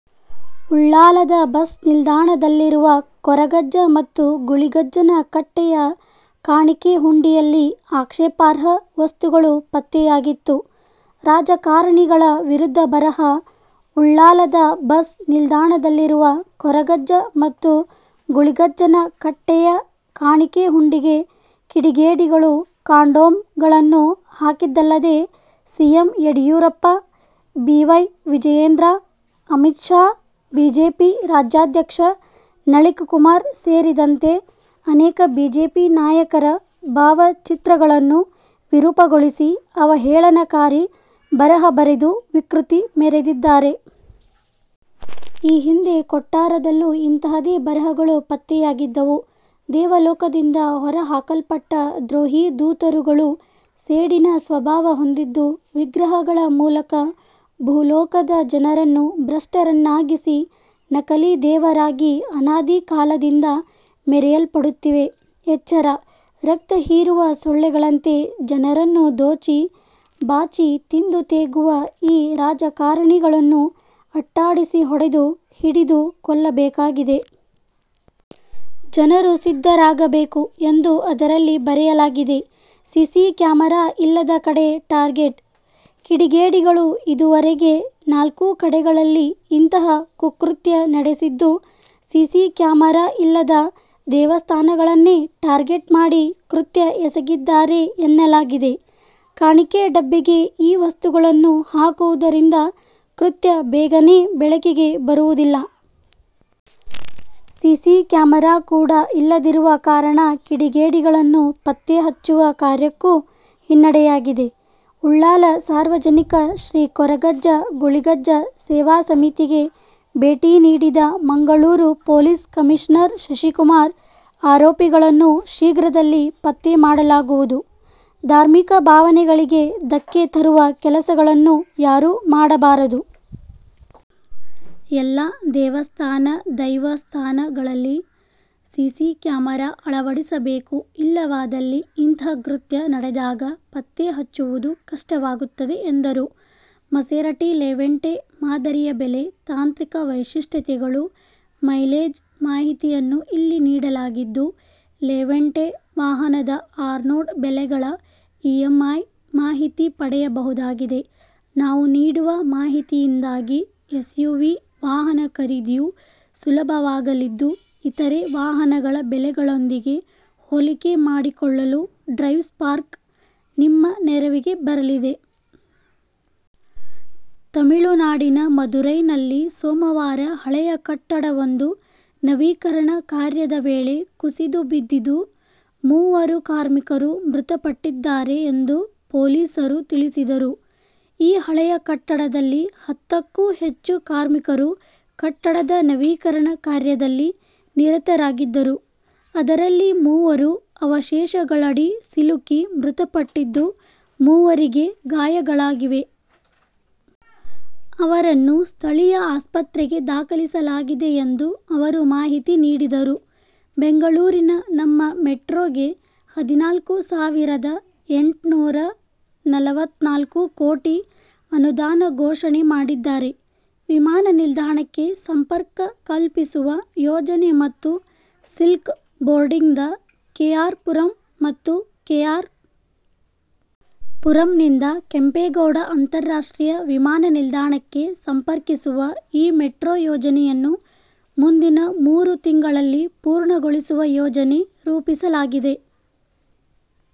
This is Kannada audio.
ಉಳ್ಳಾಲದ ಬಸ್ ನಿಲ್ದಾಣದಲ್ಲಿರುವ ಕೊರಗಜ್ಜ ಮತ್ತು ಗುಳಿಗಜ್ಜನ ಕಟ್ಟೆಯ ಕಾಣಿಕೆ ಹುಂಡಿಯಲ್ಲಿ ಆಕ್ಷೇಪಾರ್ಹ ವಸ್ತುಗಳು ಪತ್ತೆಯಾಗಿತ್ತು. ರಾಜಕಾರಣಿಗಳ ವಿರುದ್ಧ ಬರಹ: ಉಳ್ಳಾಲದ ಬಸ್ ನಿಲ್ದಾಣದಲ್ಲಿರುವ ಕೊರಗಜ್ಜ ಮತ್ತು ಗುಳಿಗಜ್ಜನ ಕಟ್ಟೆಯ ಕಾಣಿಕೆ ಹುಂಡಿಗೆ ಕಿಡಿಗೇಡಿಗಳು ಕಾಂಡೋಮ್ ಗಳನ್ನು ಹಾಕಿದ್ದಲ್ಲದೆ, CM Yediyurappa, B. Y. Vijayendra, Amit Shah, BJP ರಾಜ್ಯಾಧ್ಯಕ್ಷ ನಳಿಕ್ ಕುಮಾರ್ ಸೇರಿದಂತೆ ಅನೇಕ ಬಿಜೆಪಿ ನಾಯಕರ ಭಾವ ಚಿತ್ರಗಳನ್ನು ವಿರೂಪಗೊಳಿಸಿ ಅವಹೇಳನಕಾರಿ ಬರಹ ಬರೆದು ವಿಕೃತಿ ಮೆರೆದಿದ್ದಾರೆ. ಈ ಹಿಂದೆ ಕೊಟ್ಟಾರದಲ್ಲೂ ಇಂತಹದೇ ಬರಹಗಳು ಪತ್ತೆಯಾಗಿದ್ದವು. ದೇವಲೋಕದಿಂದ ಹೊರಹಾಕಲ್ಪಟ್ಟ ದ್ರೋಹಿ ದೂತರುಗಳು ಸೇಡಿನ ಸ್ವಭಾವ ಹೊಂದಿದ್ದು ವಿಗ್ರಹಗಳ ಮೂಲಕ ಭೂಲೋಕದ ಜನರನ್ನು ಭ್ರಷ್ಟರನ್ನಾಗಿಸಿ ನಕಲಿ ದೇವರಾಗಿ ಅನಾದಿ ಕಾಲದಿಂದ ಮೆರೆಯಲ್ಪಡುತ್ತಿವೆ, ಎಚ್ಚರ. ರಕ್ತ ಹೀರುವ ಸೊಳ್ಳೆಗಳಂತೆ ಜನರನ್ನು ದೋಚಿ, ಬಾಚಿ ತಿಂದು ತೇಗುವ ಈ ರಾಜಕಾರಣಿಗಳನ್ನು ಅಟ್ಟಾಡಿಸಿ ಹೊಡೆದು, ಹಿಡಿದು ಕೊಲ್ಲಬೇಕಾಗಿದೆ. ಜನರು ಸಿದ್ಧರಾಗಬೇಕು ಎಂದು ಅದರಲ್ಲಿ ಬರೆಯಲಾಗಿದೆ. ಸಿಸಿ ಕ್ಯಾಮರಾ ಇಲ್ಲದ ಕಡೆ ಟಾರ್ಗೆಟ್: ಕಿಡಿಗೇಡಿಗಳು ಇದುವರೆಗೆ ನಾಲ್ಕು ಕಡೆಗಳಲ್ಲಿ ಇಂತಹ ಕುಕೃತ್ಯ ನಡೆಸಿದ್ದು, ಸಿಸಿ ಕ್ಯಾಮರಾ ಇಲ್ಲದ ದೈವಸ್ಥಾನಗಳನ್ನೇ ಟಾರ್ಗೆಟ್ ಮಾಡಿ ಕೃತ್ಯ ಎಸಗಿದ್ದಾರೆ ಎನ್ನಲಾಗಿದೆ. ಕಾಣಿಕೆ ಡಬ್ಬಿಗೆ ಈ ವಸ್ತುಗಳನ್ನು ಹಾಕುವುದರಿಂದ ಕೃತ್ಯ ಬೇಗನೇ ಬೆಳಕಿಗೆ ಬರುವುದಿಲ್ಲ. ಸಿಸಿ ಕ್ಯಾಮರಾ ಕೂಡಾ ಇಲ್ಲದಿರುವ ಕಾರಣ ಕಿಡಿಗೇಡಿಗಳನ್ನು ಪತ್ತೆ ಹಚ್ಚುವ ಕಾರ್ಯಕ್ಕೂ ಹಿನ್ನಡೆಯಾಗಿದೆ. ಉಳ್ಳಾಲ ಸಾರ್ವಜನಿಕ ಶ್ರೀ ಕೊರಗಜ್ಜ, ಗುಳಿಗಜ್ಜ ಸೇವಾ ಸಮಿತಿಗೆ ಭೇಟಿ ನೀಡಿದ ಮಂಗಳೂರು ಪೊಲೀಸ್ ಕಮಿಷನರ್ ಶಶಿಕುಮಾರ್, ಆರೋಪಿಗಳನ್ನು ಶೀಘ್ರದಲ್ಲಿ ಪತ್ತೆ ಮಾಡಲಾಗುವುದು. ಧಾರ್ಮಿಕ ಭಾವನೆಗಳಿಗೆ ಧಕ್ಕೆ ತರುವ ಕೆಲಸಗಳನ್ನು ಯಾರೂ ಮಾಡಬಾರದು. ಎಲ್ಲಾ ದೇವಸ್ಥಾನ/ ದೈವಸ್ಥಾನಗಳಲ್ಲಿ ಸಿಸಿ ಕ್ಯಾಮರಾ ಅಳವಡಿಸಬೇಕು ಇಲ್ಲವಾದಲ್ಲಿ ಇಂತಹ ಕೃತ್ಯ ನಡೆದಾಗ ಪತ್ತೆ ಹಚ್ಚುವುದು ಕಷ್ಟವಾಗುತ್ತದೆ ಎಂದರು. ಮಸೆರಟಿ ಲೆವೆಂಟೆ ಮಾದರಿಯ ಬೆಲೆ, ತಾಂತ್ರಿಕ ವೈಶಿಷ್ಟ್ಯತೆಗಳು, ಮೈಲೇಜ್ ಮಾಹಿತಿಯನ್ನು ಇಲ್ಲಿ ನೀಡಲಾಗಿದ್ದು, ಲೆವೆಂಟೆ ವಾಹನದ ಆನ್ರೋಡ್ ಬೆಲೆಗಳ ಇಎಂಐ ಮಾಹಿತಿ ಪಡೆಯಬಹುದಾಗಿದೆ. ನಾವು ನೀಡುವ ಮಾಹಿತಿಯಿಂದಾಗಿ ಎಸ್ಯುವಿ ವಾಹನ ಖರೀದಿಯು ಸುಲಭವಾಗಲಿದ್ದು, ಇತರೆ ವಾಹನಗಳ ಬೆಲೆಗಳೊಂದಿಗೆ ಹೋಲಿಕೆ ಮಾಡಿಕೊಳ್ಳಲು ಡ್ರೈವ್ಸ್ ಪಾರ್ಕ್ ನಿಮ್ಮ ನೆರವಿಗೆ ಬರಲಿದೆ. ತಮಿಳುನಾಡಿನ ಮಧುರೈನಲ್ಲಿ ಸೋಮವಾರ ಹಳೆಯ ಕಟ್ಟಡವೊಂದು ನವೀಕರಣ ಕಾರ್ಯದ ವೇಳೆ ಕುಸಿದು ಬಿದ್ದಿದ್ದು, ಮೂವರು ಕಾರ್ಮಿಕರು ಮೃತಪಟ್ಟಿದ್ದಾರೆ ಎಂದು ಪೊಲೀಸರು ತಿಳಿಸಿದರು. ಈ ಹಳೆಯ ಕಟ್ಟಡದಲ್ಲಿ ಹತ್ತಕ್ಕೂ ಹೆಚ್ಚು ಕಾರ್ಮಿಕರು ಕಟ್ಟಡದ ನವೀಕರಣ ಕಾರ್ಯದಲ್ಲಿ ನಿರತರಾಗಿದ್ದರು. ಅದರಲ್ಲಿ ಮೂವರು ಅವಶೇಷಗಳಡಿ ಸಿಲುಕಿ ಮೃತಪಟ್ಟಿದ್ದು, ಮೂವರಿಗೆ ಗಾಯಗಳಾಗಿವೆ. ಅವರನ್ನು ಸ್ಥಳೀಯ ಆಸ್ಪತ್ರೆಗೆ ದಾಖಲಿಸಲಾಗಿದೆ' ಎಂದು ಅವರು ಮಾಹಿತಿ ನೀಡಿದರು. ಬೆಂಗಳೂರಿನ 'ನಮ್ಮ ಮೆಟ್ರೋ'ಗೆ ಹದಿನಾಲ್ಕು ಸಾವಿರದ ಎಂಟ್ನೂರ ನಲವತ್ನಾಲ್ಕು ಕೋಟಿ ಅನುದಾನ ಘೋಷಣೆ ಮಾಡಿದ್ದಾರೆ. ವಿಮಾನ ನಿಲ್ದಾಣಕ್ಕೆ ಸಂಪರ್ಕ ಕಲ್ಪಿಸುವ ಯೋಜನೆ ಮತ್ತು ಸಿಲ್ಕ್ ಬೋರ್ಡ್ನಿಂದ ಕೆ. ಆರ್. ಪುರಂ ಮತ್ತು ಕೆ. ಆರ್. ಪುರಂನಿಂದ ಕೆಂಪೇಗೌಡ ಅಂತಾರಾಷ್ಟ್ರೀಯ ವಿಮಾನ ನಿಲ್ದಾಣಕ್ಕೆ ಸಂಪರ್ಕಿಸುವ ಈ ಮೆಟ್ರೋ ಯೋಜನೆಯನ್ನು ಮುಂದಿನ ಮೂರು ತಿಂಗಳಲ್ಲಿ ಪೂರ್ಣಗೊಳಿಸುವ ಯೋಜನೆ ರೂಪಿಸಲಾಗಿದೆ.